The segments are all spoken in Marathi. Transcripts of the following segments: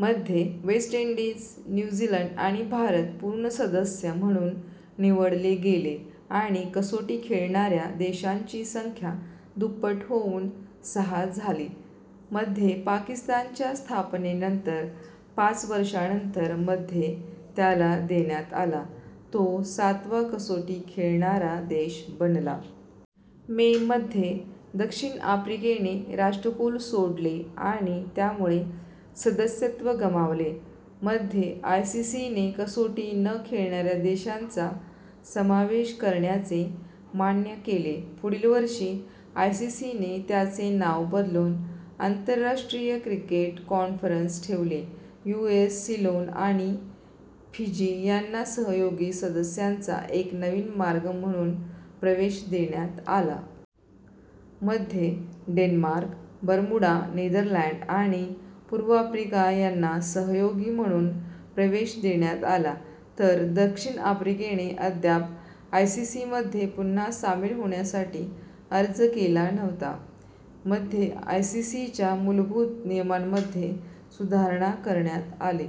मध्ये, वेस्ट इंडीज, न्यू झीलंड आणि भारत पूर्ण सदस्य म्हणून निवडले गेले आणि कसोटी खेळणाऱ्या देशांची संख्या दुप्पट होऊन सहा झाली. मध्ये पाकिस्तानच्या स्थापनेनंतर, पाच वर्षांनंतर मध्ये त्याला देण्यात आला, तो सातवा कसोटी खेळणारा देश बनला. मे मध्ये दक्षिण आफ्रिकेने राष्ट्रकुल सोडले आणि त्यामुळे सदस्यत्व गमावले. मध्ये, आयसीसीने कसोटी न खेळणाऱ्या देशांचा समावेश करण्याचे मान्य केले. पुढील वर्षी, आयसीसीने त्याचे नाव बदलून आंतरराष्ट्रीय क्रिकेट कॉन्फरन्स ठेवले. यूएस, सिलोन आणि फिजी यांना सहयोगी, सदस्यांचा एक नवीन वर्ग म्हणून प्रवेश देण्यात आला. मध्ये, डेन्मार्क, बरमुडा, नेदरलँड आणि पूर्व आफ्रिका यांना सहयोगी म्हणून प्रवेश देण्यात आला, तर दक्षिण आफ्रिकेने अद्याप आयसीसी मध्ये पुन्हा सामील होण्यासाठी अर्ज केला नव्हता. मध्ये आयसीसीच्या मूलभूत नियमांमध्ये सुधारणा करण्यात आली.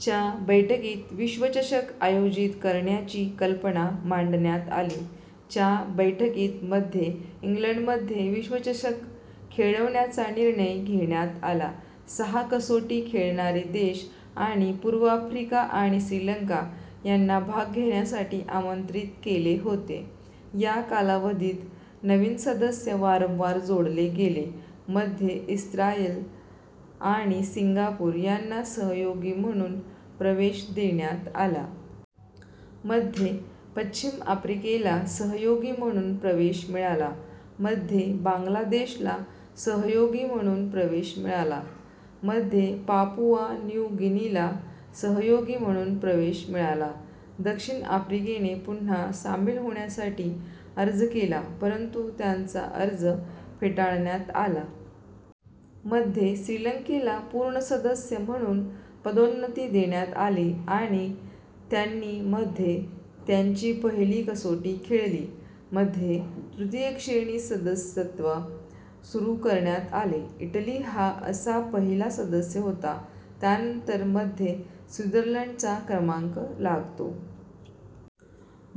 च्या बैठकीत विश्वचषक आयोजित करण्याची कल्पना मांडण्यात आली. च्या बैठकीत, मध्ये इंग्लंडमध्ये विश्वचषक खेळवण्याचा निर्णय घेण्यात आला. सहा कसोटी खेळणारे देश आणि पूर्व आफ्रिका आणि श्रीलंका यांना भाग घेण्यासाठी आमंत्रित केले होते. या कालावधीत नवीन सदस्य वारंवार जोडले गेले: मध्ये, इस्रायल आणि सिंगापूर यांना सहयोगी म्हणून प्रवेश देण्यात आला. मध्ये पश्चिम आफ्रिकेला सहयोगी म्हणून प्रवेश मिळाला. मध्ये बांगलादेशला सहयोगी म्हणून प्रवेश मिळाला. मध्ये पापुआ न्यू गिनीला सहयोगी म्हणून प्रवेश मिळाला. दक्षिण आफ्रिकेने पुन्हा सामील होण्यासाठी अर्ज केला, परंतु त्यांचा अर्ज फेटाळण्यात आला. मध्ये, श्रीलंकेला पूर्ण सदस्य म्हणून पदोन्नती देण्यात आली आणि त्यांनी मध्ये त्यांची पहिली कसोटी खेळली. मध्ये, तृतीय श्रेणी सदस्यत्व सुरू करण्यात आले. इटली हा असा पहिला सदस्य होता, त्यानंतर मध्ये स्वित्झर्लंडचा क्रमांक लागतो.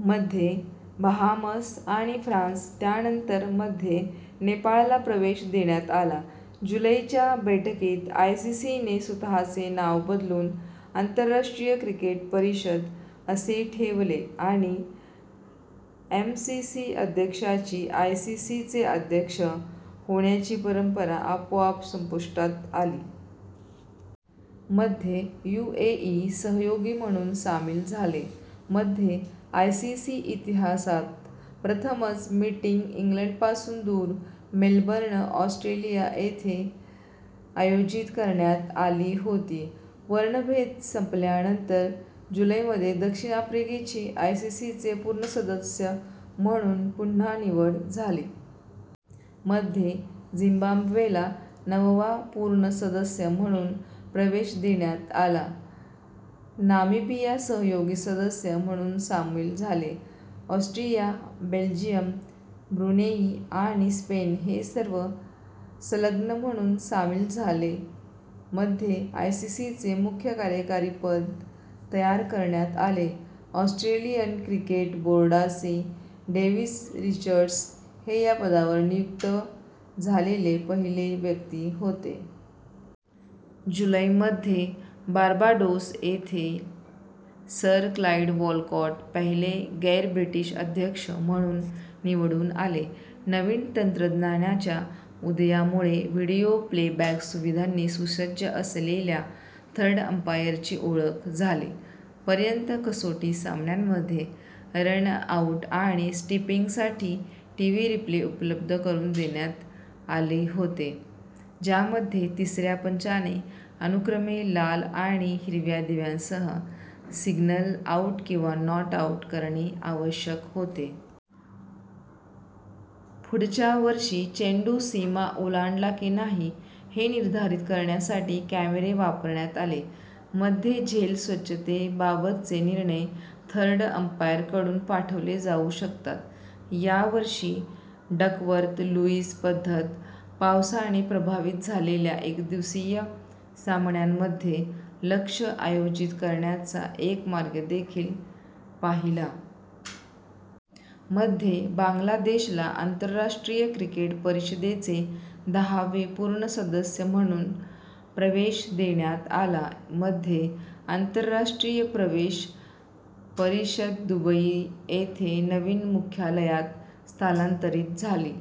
मध्ये बहामास आणि फ्रान्स, त्यानंतर मध्ये नेपाळला प्रवेश देण्यात आला. जुलै च्या बैठकीत, आयसीसी ने स्वतःचे नाव बदलून आंतरराष्ट्रीय क्रिकेट परिषद असे ठेवले आणि एमसीसी अध्यक्षाची आयसीसीचे अध्यक्ष होण्याची परंपरा आपोआप संपुष्टात आली. मध्ये, यूएई सहयोगी म्हणून सामील झाले. मध्ये, आयसीसी इतिहासात प्रथमच, मीटिंग इंग्लंडपासून दूर, मेलबर्न, ऑस्ट्रेलिया येथे आयोजित करण्यात आली होती. वर्णभेद संपल्यानंतर जुलैमध्ये दक्षिण आफ्रिकेची आयसीसीचे पूर्ण सदस्य म्हणून पुन्हा निवड झाली. मध्ये, झिम्बाब्वेला नववा पूर्ण सदस्य म्हणून प्रवेश देण्यात आला. नामिबिया सहयोगी सदस्य म्हणून सामील झाले. ऑस्ट्रिया, बेल्जियम, ब्रुनेई आणि स्पेन हे सर्व सलग्न म्हणून सामील झाले. मध्ये, आयसीसीचे मुख्य कार्यकारी पद तयार करण्यात आले; ऑस्ट्रेलियन क्रिकेट बोर्डाचे डेव्हिड रिचर्ड्स हे या पदावर नियुक्त झालेले पहिले व्यक्ती होते. जुलैमध्ये, बार्बाडोस येथील सर क्लाइड वॉलकॉट, पहिले गैर-ब्रिटिश अध्यक्ष म्हणून निवडून आले. नवीन तंत्रज्ञानाच्या उदयामुळे व्हिडिओ प्लेबॅक सुविधांनी सुसज्ज असलेल्या थर्ड अंपायरची ओळख झाली. पर्यंत, कसोटी सामन्यांमध्ये रन-आऊट आणि स्टंपिंगसाठी टीव्ही रिप्ले उपलब्ध करून देण्यात आले होते, ज्यामध्ये तिसऱ्या पंचाने अनुक्रमे लाल आणि हिरव्या दिव्यासह सिग्नल आउट किंवा नॉट आउट करणे आवश्यक होते. पुढच्या वर्षी, चेंडू सीमा ओलांडला की नाही हे निर्धारित करण्यासाठी कॅमेरे वापरण्यात आले. मध्ये झेल स्वच्छतेबाबतचे निर्णय थर्ड अंपायरकडे पाठवले जाऊ शकतात. या वर्षी डकवर्थ-लुईस पद्धत, पावसाने प्रभावित झालेल्या एकदिवसीय सामन्यांमध्ये लक्ष्य समायोजित करण्याचा एक मार्ग देखील पाहिला. मध्ये, बांगलादेशला आंतरराष्ट्रीय क्रिकेट परिषदेचे दहावे पूर्ण सदस्य म्हणून प्रवेश देण्यात आला. मध्ये, आंतरराष्ट्रीय क्रिकेट परिषद दुबई येथे नवीन मुख्यालयात स्थलांतरित झाली.